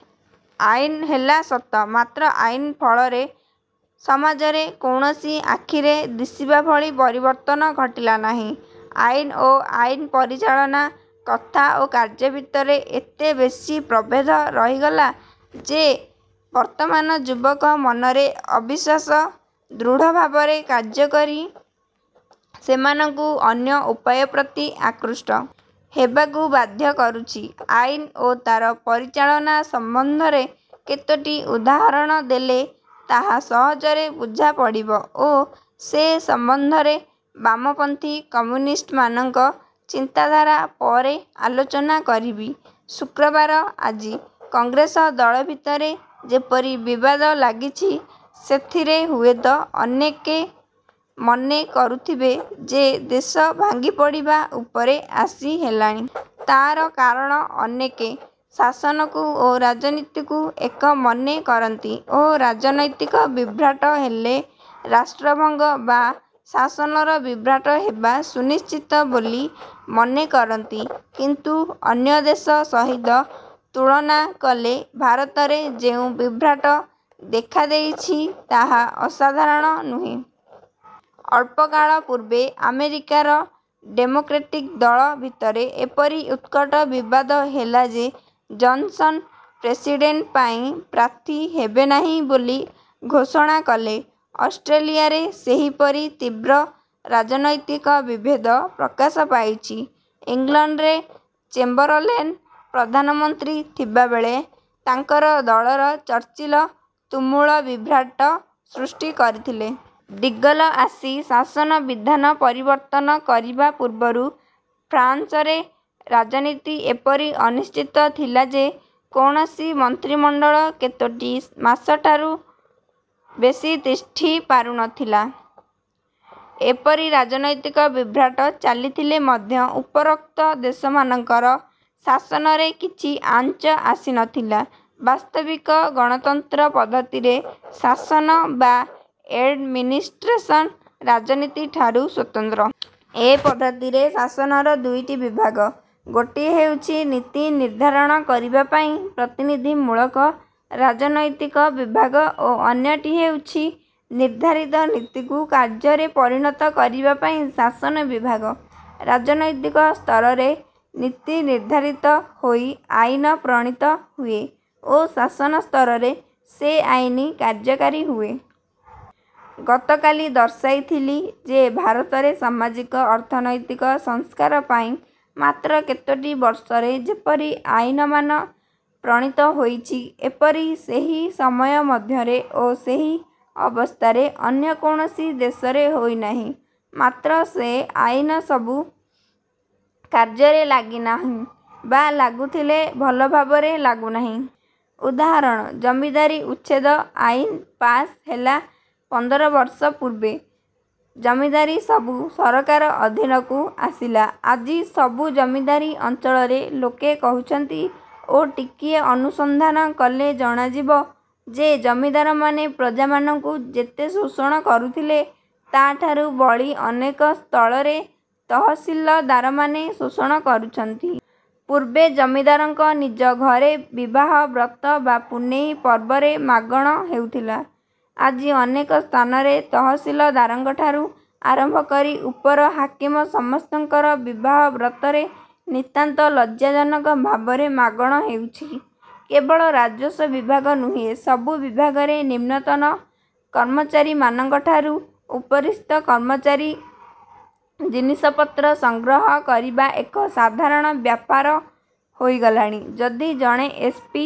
ଆଇନ ହେଲା ସତ ମାତ୍ର ଆଇନ ଫଳରେ ସମାଜରେ କୌଣସି ଆଖିରେ ଦିଶିବା ଭଳି ପରିବର୍ତ୍ତନ ଘଟିଲା ନାହିଁ। ଆଇନ ଓ ଆଇନ ପରିଚାଳନା, କଥା ଓ କାର୍ଯ୍ୟ ଭିତରେ ଏତେ ବେଶି ପ୍ରଭେଦ ରହିଗଲା ଯେ ବର୍ତ୍ତମାନ ଯୁବକ ମନରେ ଅବିଶ୍ୱାସ ଦୃଢ଼ଭାବରେ କାର୍ଯ୍ୟକରି ସେମାନଙ୍କୁ ଅନ୍ୟ ଉପାୟ ପ୍ରତି ଆକୃଷ୍ଟ। ହେବାକୁ ବାଧ୍ୟ କରୁଛି। ଆଇନ ଓ ତା'ର ପରିଚାଳନା ସମ୍ବନ୍ଧରେ କେତୋଟି ଉଦାହରଣ ଦେଲେ ତାହା ସହଜରେ ବୁଝାପଡ଼ିବ ଓ ସେ ସମ୍ବନ୍ଧରେ ବାମପନ୍ଥୀ କମ୍ୟୁନିଷ୍ଟମାନଙ୍କ ଚିନ୍ତାଧାରା ପରେ ଆଲୋଚନା କରିବି। ଶୁକ୍ରବାର ଆଜି କଂଗ୍ରେସ ଦଳ ଭିତରେ ଯେପରି ବିବାଦ ଲାଗିଛି ସେଥିରେ ହୁଏତ ଅନେକେ ମନେ କରୁଥିବେ ଯେ ଦେଶ ଭାଙ୍ଗିପଡ଼ିବା ଉପରେ ଆସି ହେଲାଣି। ତା'ର କାରଣ ଅନେକେ ଶାସନକୁ ଓ ରାଜନୀତିକୁ ଏକ ମନେ କରନ୍ତି ଓ ରାଜନୈତିକ ବିଭ୍ରାଟ ହେଲେ, ରାଷ୍ଟ୍ରଭଙ୍ଗ ବା ଶାସନର ବିଭ୍ରାଟ ହେବା ସୁନିଶ୍ଚିତ ବୋଲି ମନେ କରନ୍ତି; କିନ୍ତୁ ଅନ୍ୟ ଦେଶ ସହିତ ତୁଳନା କଲେ ଭାରତରେ ଯେଉଁ ବିଭ୍ରାଟ ଦେଖାଦେଇଛି ତାହା ଅସାଧାରଣ ନୁହେଁ। ଅଳ୍ପକାଳ ପୂର୍ବେ ଆମେରିକାର ଡେମୋକ୍ରେଟିକ ଦଳ ଭିତରେ ଏପରି ଉତ୍କଟ ବିବାଦ ହେଲା ଯେ ଜନସନ୍ ପ୍ରେସିଡ଼େଣ୍ଟ ପାଇଁ ପ୍ରାର୍ଥୀ ହେବେନାହିଁ ବୋଲି ଘୋଷଣା କଲେ। ଅଷ୍ଟ୍ରେଲିୟାରେ ସେହିପରି ତୀବ୍ର ରାଜନୈତିକ ବିଭେଦ ପ୍ରକାଶ ପାଇଛି। ଇଂଲଣ୍ଡରେ ଚେମ୍ବରଲେନ ପ୍ରଧାନମନ୍ତ୍ରୀ ଥିବାବେଳେ ତାଙ୍କର ଦଳର ଚର୍ଚ୍ଚିଲ ତୁମୁଳ ବିଭ୍ରାଟ ସୃଷ୍ଟି କରିଥିଲେ। ଡିଗଲ ଆସି ଶାସନ ବିଧାନ ପରିବର୍ତ୍ତନ କରିବା ପୂର୍ବରୁ ଫ୍ରାନସରେ ରାଜନୀତି ଏପରି ଅନିଶ୍ଚିତ ଥିଲା ଯେ କୌଣସି ମନ୍ତ୍ରିମଣ୍ଡଳ କେତୋଟି ମାସଠାରୁ ବେଶି ତିଷ୍ଠି ପାରୁନଥିଲା। ଏପରି ରାଜନୈତିକ ବିଭ୍ରାଟ ଚାଲିଥିଲେ ମଧ୍ୟ ଉପରୋକ୍ତ ଦେଶମାନଙ୍କର ଶାସନରେ କିଛି ଆଞ୍ଚ ଆସିନଥିଲା। ବାସ୍ତବିକ ଗଣତନ୍ତ୍ର ପଦ୍ଧତିରେ ଶାସନ ବା ଏଡ଼ମିନିଷ୍ଟ୍ରେସନ ରାଜନୀତିଠାରୁ ସ୍ୱତନ୍ତ୍ର। ଏ ପଦ୍ଧତିରେ ଶାସନର ଦୁଇଟି ବିଭାଗ- ଗୋଟିଏ ହେଉଛି ନୀତି ନିର୍ଦ୍ଧାରଣ କରିବାପାଇଁ ପ୍ରତିନିଧିମୂଳକ ରାଜନୈତିକ ବିଭାଗ ଓ ଅନ୍ୟଟି ହେଉଛି ନିର୍ଦ୍ଧାରିତ ନୀତିକୁ କାର୍ଯ୍ୟରେ ପରିଣତ କରିବାପାଇଁ ଶାସନ ବିଭାଗ। ରାଜନୈତିକ ସ୍ତରରେ ନୀତି ନିର୍ଦ୍ଧାରିତ ହୋଇ ଆଇନ ପ୍ରଣୀତ ହୁଏ ଓ ଶାସନ ସ୍ତରରେ ସେ ଆଇନ କାର୍ଯ୍ୟକାରୀ ହୁଏ। ଗତକାଲି ଦର୍ଶାଇଥିଲି ଯେ ଭାରତରେ ସାମାଜିକ, ଅର୍ଥନୈତିକ ସଂସ୍କାର ପାଇଁ ମାତ୍ର କେତୋଟି ବର୍ଷରେ ଯେପରି ଆଇନମାନ ପ୍ରଣୀତ ହୋଇଛି, ଏପରି ସେହି ସମୟ ମଧ୍ୟରେ ଓ ସେହି ଅବସ୍ଥାରେ ଅନ୍ୟ କୌଣସି ଦେଶରେ ହୋଇନାହିଁ। ମାତ୍ର ସେ ଆଇନ ସବୁ କାର୍ଯ୍ୟରେ ଲାଗିନାହିଁ ବା ଲାଗୁଥିଲେ ଭଲଭାବରେ ଲାଗୁନାହିଁ। ଉଦାହରଣ- ଜମିଦାରୀ ଉଚ୍ଛେଦ ଆଇନ ପାସ ହେଲା ପନ୍ଦରବର୍ଷ ପୂର୍ବେ। ଜମିଦାରୀ ସବୁ ସରକାର ଅଧୀନକୁ ଆସିଲା। ଆଜି ସବୁ ଜମିଦାରୀ ଅଞ୍ଚଳରେ ଲୋକେ କହୁଛନ୍ତି ଓ ଟିକିଏ ଅନୁସନ୍ଧାନ କଲେ ଜଣାଯିବ ଯେ ଜମିଦାରମାନେ ପ୍ରଜାମାନଙ୍କୁ ଯେତେ ଶୋଷଣ କରୁଥିଲେ, ତା'ଠାରୁ ବଳି ଅନେକ ସ୍ଥଳରେ ତହସିଲଦାରମାନେ ଶୋଷଣ କରୁଛନ୍ତି। ପୂର୍ବେ ଜମିଦାରଙ୍କ ନିଜ ଘରେ ବିବାହ ବ୍ରତ ବା ପୁନେଇ ପର୍ବରେ ମାଗଣ ହେଉଥିଲା। ଆଜି ଅନେକ ସ୍ଥାନରେ ତହସିଲଦାରଙ୍କଠାରୁ ଆରମ୍ଭ କରି ଉପର ହାକିମ ସମସ୍ତଙ୍କର ବିବାହ ବ୍ରତରେ ନିତାନ୍ତ ଲଜ୍ଜାଜନକ ଭାବରେ ମାଗଣ ହେଉଛି। କେବଳ ରାଜସ୍ୱ ବିଭାଗ ନୁହେଁ, ସବୁ ବିଭାଗରେ ନିମ୍ନତନ କର୍ମଚାରୀମାନଙ୍କଠାରୁ ଉପରିସ୍ଥ କର୍ମଚାରୀ ଜିନିଷପତ୍ର ସଂଗ୍ରହ କରିବା ଏକ ସାଧାରଣ ବ୍ୟାପାର ହୋଇଗଲାଣି। ଯଦି ଜଣେ ଏସ୍. ପି.